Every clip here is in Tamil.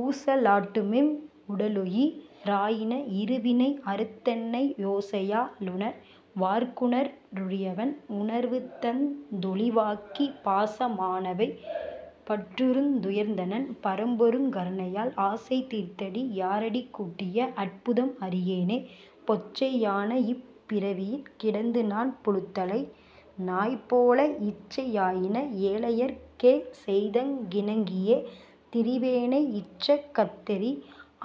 ஊச லாட்டுமிவ் வுடலுயி ராயின இருவினை அறுத்தென்னை ஓசையா லுணர் வார்க்குணர் வரியவன் உணர்வுதந் தொளிவாக்கிப் பாச மானவை பற்றறுத் துயர்ந்ததன் பரம்பொருங் கருணையால் ஆசை தீர்த்தடி யாரடிக் கூட்டிய அற்புதம் அறியேனே. பொச்சை யானஇப் பிறவியிற் கிடந்துநான் புழுத்தலை நாய்போல இச்சை யாயின ஏழையர்க் கேசெய்தங் கிணங்கியே திரிவேனை இச்ச கத்தரி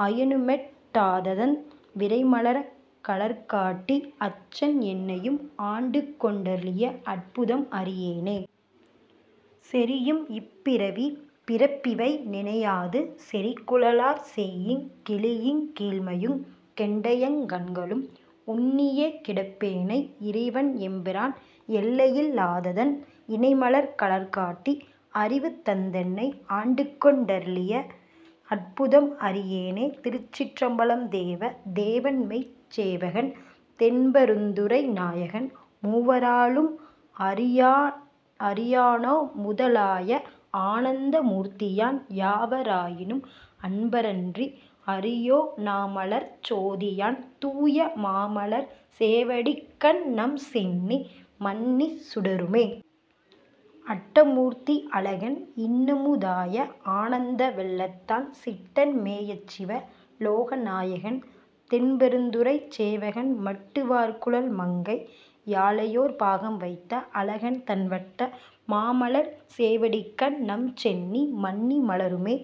அயனுமெட் டாததன் விரைமலர்க் கழல்காட்டி அச்சன் என்னையும் ஆண்டுகொண் டருளிய அற்புதம் அறியேனே. செறியும் இப்பிறவிப் பிறப்பிவை நினையாது செறிகுழலார் செய்யுங் கிறியுங் கீழ்மையுங் கெண்டையங் கண்களும் உன்னியே கிடப்பேனை இறைவன் எம்பிரான் எல்லையில் லாததன் இணைமலர்க் கழல்காட்டி அறிவு தந்தெனை ஆண்டுகொண் டருளிய அற்புதம் அறியேனே. திருச்சிற்றம்பலம் தேவ தேவன்மெய்ச் சேவகன் தென்பெ ருந்துறை நாயகன் மூவ ராலும் அறியொணாமுத லாய ஆனந்த மூர்த்தியான் யாவ ராயினும் அன்பரன்றி அறியொ ணாமலர்ச் சோதியான் தூயமாமலர்ச் சேவடிக்கண்நம் சென்னி மன்னிச் சுடருமே. அட்டமூர்த்தி அழகன்இன்னமு தாய ஆனந்த வெள்ளத்தான் சிட்டன் மேயச்சிவ லோகநாயகன் தென்பெ ருந்துறைச் சேவகன் மட்டு வார்குழல் மங்கை யாளையோர் பாகம் வைத்த அழகன்தன் வட்ட மாமலர்ச் சேவடிக் கண்நம் சென்னி மன்னி மலருமே.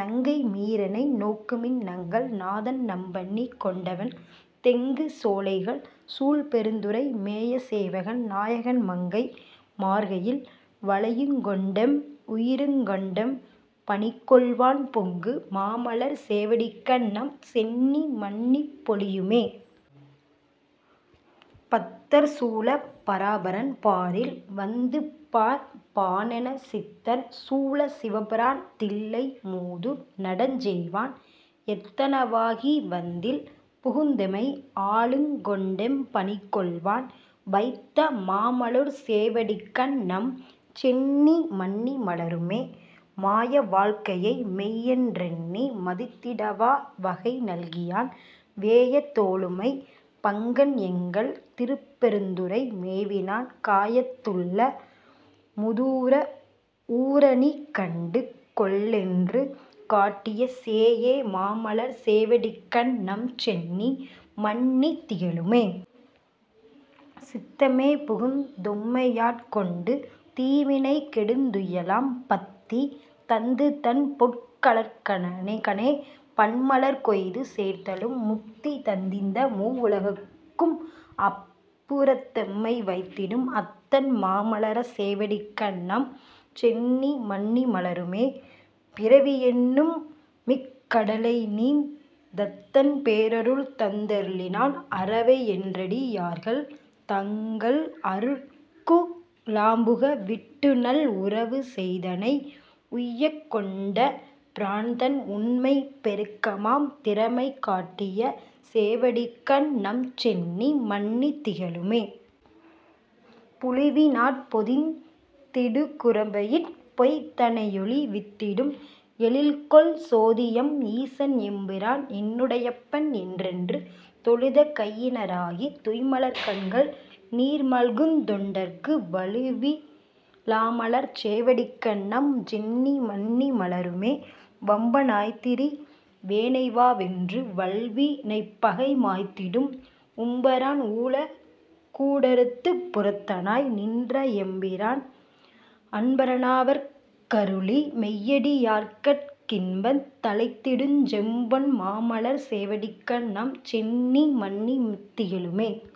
நங்கை மீரெனை நோக்குமின் நங்கள் நாதன் நம்பணி கொண்டவன் தெங்கு சோலைகள் சூழ்பெருந் துறை மேய சேவகன் நாயகன் மங்கை மார்கையில் வளையுங்கொண்டெம் உயிருங் கொண்டெம் பணிகொள்வான் பொங்கு மாமலர்ச் சேவடிக்கண்நம் சென்னி மன்னிப் பொலியுமே. பத்தர் சூழப் பராபரன் பாரில் வந்துபார்ப் பானெனச் சித்தர் சூழச் சிவபிரான் தில்லை மூதூர் நடஞ்செய்வான் எத்தனாகிவந் தில்புகுந்தெமை ஆளுங் கொண்டெம் பணிகொள்வான் வைத்த மாமலர்ச் சேவடிக்கண்நம் சென்னி மன்னி மலருமே. மாய வாழ்க்கையை மெய்யென் றெண்ணி மதித்திடா வகை நல்கியான் வேய தோளுமை பங்கன் எங்கள் திருப்பெ ருந்துறை மேவினான் காயத் துள்ளமு தூறஊறநீ கண்டு கொள்ளென்று காட்டிய சேய மாமலர்ச் சேவடிக்கண்நம் சென்னி மன்னி திகழுமே. சித்தமே புகுந் தெம்மையாட் கொண்டு தீவினை கெடுந் துய்யலாம் பத்தி தந்துதன் பொற்கழற்கணே பன்மலர் கொய்து சேர்த்தலும் முத்தி தந்திந்த மூவுலகுக்கும் அப்பு றத்தெமை வைத்திடும் அத்தன் மாமலர்ச் சேவடிக்கண்நம் சென்னி மன்னி மலருமே. பிறவி யென்னுமிக் கடலைநீந் தத்தன் பேரருள்தந் தருளினான் அறவை யென்றடி யார்கள் தங்கள் அருட்கு ழாம்புக விட்டுநல் உறவு செய்தெனை உய்யக்கொண்ட பிரான்தன் உண்மைப் பெருக்கமாம் திறமை காட்டிய சேவடிக்கண்நம் சென்னி மன்னி திகழுமே. புழுவி னாற்பொதிந் திடுகுரம்பையிற் பொய் தனையொழி வித்திடும் எழில்கொள் சோதியெம் ஈசன்எம்பிரான் என்னு டையப்பன் என்றென்று தொழுத கையின ராகித் துய்மலர்க் கண்கள் நீர்மல்குந் தொண்டர்க்கு வழுவி லாமலர்ச் சேவடிக்கண்நம் சென்னி மன்னி மலருமே. வம்ப னாய்த்திரி வேனைவாவென்று வல்வி னைப்பகை மாய்த்திடும் உம்ப ரான்உல கூடறுத்தப் புறத்தனாய் நின்ற எம்பிரான் அன்பரானவர்க்கருளி மெய்யடி யார்கட் கின்பந் தழைந்திடுஞ் செம்பொன் மாமலர்ச் சேவடிக்கண்நம் சென்னி மன்னி திகழுமே.